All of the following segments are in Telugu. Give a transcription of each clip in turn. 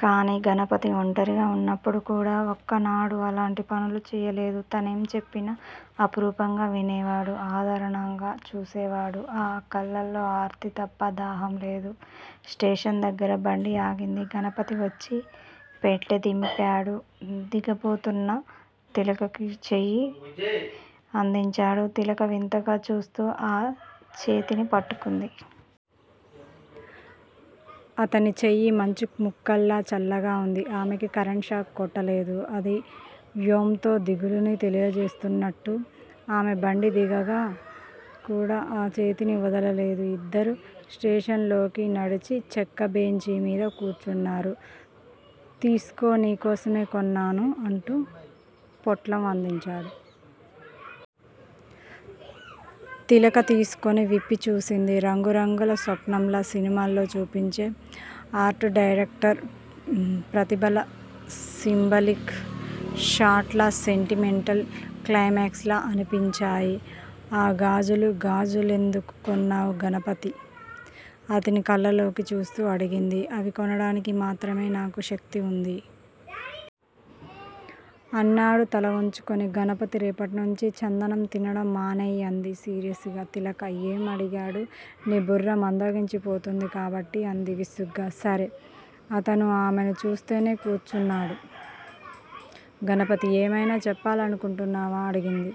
కానీ గణపతి ఒంటరిగా ఉన్నప్పుడు కూడా ఒక్కనాడూ అలాంటి పనులు చెయ్యలేదు. తనేం చెప్పినా అపురూపంగా వినేవాడు! ఆరాధనగా చూసేవాడు. ఆ కళ్ళల్లో ఆర్తి తప్ప దాహం లేదు! స్టేషన్ దగ్గర బండి ఆగింది. గణపతివచ్చి పెట్టె దింపాడు. దిగబోతున్న తిలకకి చెయ్యి అందించాడు. తిలక వింతగా చూస్తూ ఆ చేతిని పట్టుకుంది. అతని చెయ్యి మంచుముక్కలా చల్లగా ఉంది. ఆమెకి కరెంట్ షాక్ కొట్టలేదు. అది యెంతో దిగులుని తెలియజేస్తున్నట్టుంది. ఆమె బండి దిగాక కూడా ఆ చేతిని వదలలేదు. ఇద్దరూ స్టేషన్ లోకి నడిచి చెక్క బెంచీ మీద కూర్చున్నారు. తీసుకో నీ కోసమే కొన్నాను అంటూ పొట్లం అందించాడు. తిలక తీసుకుని విప్పి చూసింది. రంగురంగుల స్వప్నాల్లా సినిమాల్లో చూపించే ఆర్టు డైరెక్టర్ ప్రతిభలా సింబాలిక్ షాట్ లా సెంటిమెంటల్ క్లైమాక్స్ లా అనిపించాయి ఆ గాజులు! గాజులెందుకు కొన్నావు గణపతీ! అతని కళ్ళల్లోకి చూస్తూ అడిగింది. అవి కొనడానికి మాత్రమే నాకు శక్తి ఉంది! అన్నాడు తలవంచుకుని. గణపతీ! రేపటినుంచీ చదన్నం తినడం మానెయ్యి! అంది సీరియస్ గా తిలక. ఏం? అడిగాడు. నీ బుర్ర మందగించిపోతోంది కాబట్టి! అంది విసుగ్గా. సరే! అతను ఆమెను చూస్తూనే కూర్చున్నాడు. గణపతీ! ఏమైనా చెప్పాలనుకుంటున్నావా? అడిగింది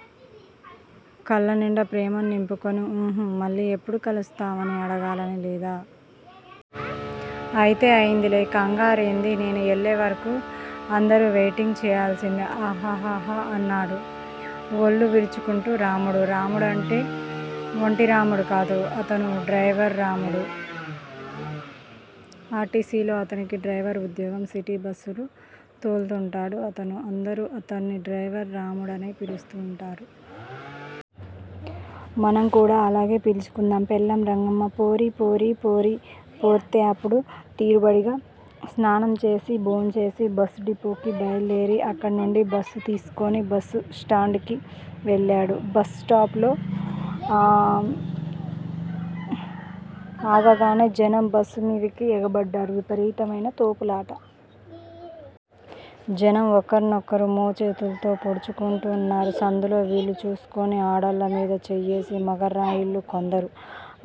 కళ్ళనిండా ప్రేమని నింపుకుని. ఊహుఁ. మళ్ళీ ఎప్పుడు కలుస్తావూ అని అడగాలని లేదా? అయితే అయిందిలే కంగారేంది? నేను ఎల్లేవర్కూ అందరూ వెయిటింగ్ సెయ్యాల్సిందే! హ హ హ అన్నాడు ఒళ్లు విరుచుకుంటూ రాముడు. రాముడంటే ఒట్టి రాముడు కాదు అతను, డ్రైవర్ రాముడు. ఆర్టీసిలో అతనికి డ్రైవర్ ఉద్యోగం. సిటీ బస్సులు తోల్తుంటాడు అతను. అందరూ అతడ్ని డ్రైవర్ రాముడునే పిలుస్తుంటారు. మనం కూడా అలానే పిల్చుకుందాం. పెళ్లాం రంగమ్మ పోరీ పోరీ పోరీ పోర్తే అప్పుడు తీరుబడిగా స్నానం చేసి, భోంచేసి బస్సు డిపోకి బయలుదేరి అక్కడినుండి బస్సు తీస్కుని బస్సు స్టాండుకి వెళ్ళాడు బస్సు స్టాపులో ఆగగానే జనం బస్సు మీదికి ఎగబడ్డారు. విపరీతమైన తోపులాట! జనం ఒకర్నొకరు మోచేతుల్తో పొడుచుకుంటున్నారు సందులో వీలు చూస్కుని ఆడాళ్ళ మీద చెయ్యేసి మగరాయుళ్ళు కొందరు!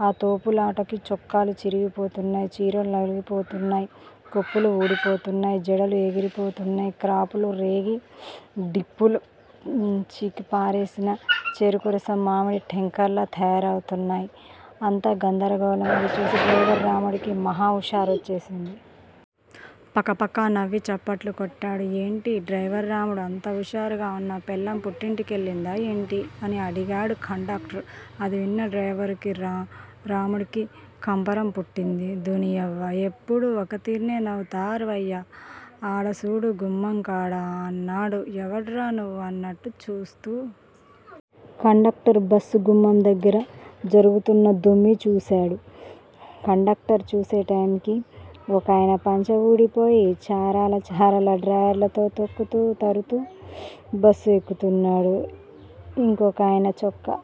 ఆ తోపులాటకి చొక్కాలు చిరిగి పోతున్నాయ్. చీరలు నగిలి పోతున్నాయ్. కొప్పులు ఊడి పోతున్నాయ్ జడలు ఎగిరి పోతున్నాయ్ క్రాపులు రేగి, డిప్పలు చీకి పారేసిన చెరుకు రసం మామిడి టెంకల్లా తయారవుతున్నాయ్ అంతా గందరగోళం అది చూసిన డ్రైవర్ రాముడికి మహా హుషారోచ్చేసింది. పకపకా నవ్వి చప్పట్లు కొట్టాడు. ఏంటి డ్రైవర్ రాముడూ అంత హుషారుగా ఉన్నావ్? పెళ్లాం పుట్టింటికెళ్ళిందా ఏంటి? అడిగాడు కండక్టర్. అది విన్న డ్రైవర్ రాముడికి కంపరం పుట్టింది. థూ నియవ్వ? ఎప్పుడూ ఒక్క తీర్నే నవ్వుతార్ వయ్య? ఆడ సూడు గుమ్మంకాడ అన్నాడు ఎవడ్రా నువ్వూ అన్నట్టు చూస్తూ. కండక్టర్ బస్సు గుమ్మం దగ్గర జరుగుతున్న దొమ్మీ చూశాడు. కండక్టర్ చూసే టైంకి ఒకాయన పంచె ఊడిపోయి, చారల చారల డ్రాయరుతో తొక్కుతూ తారుతూ బస్సు ఎక్కుతున్నాడు. ఇంకొకయన చొక్కా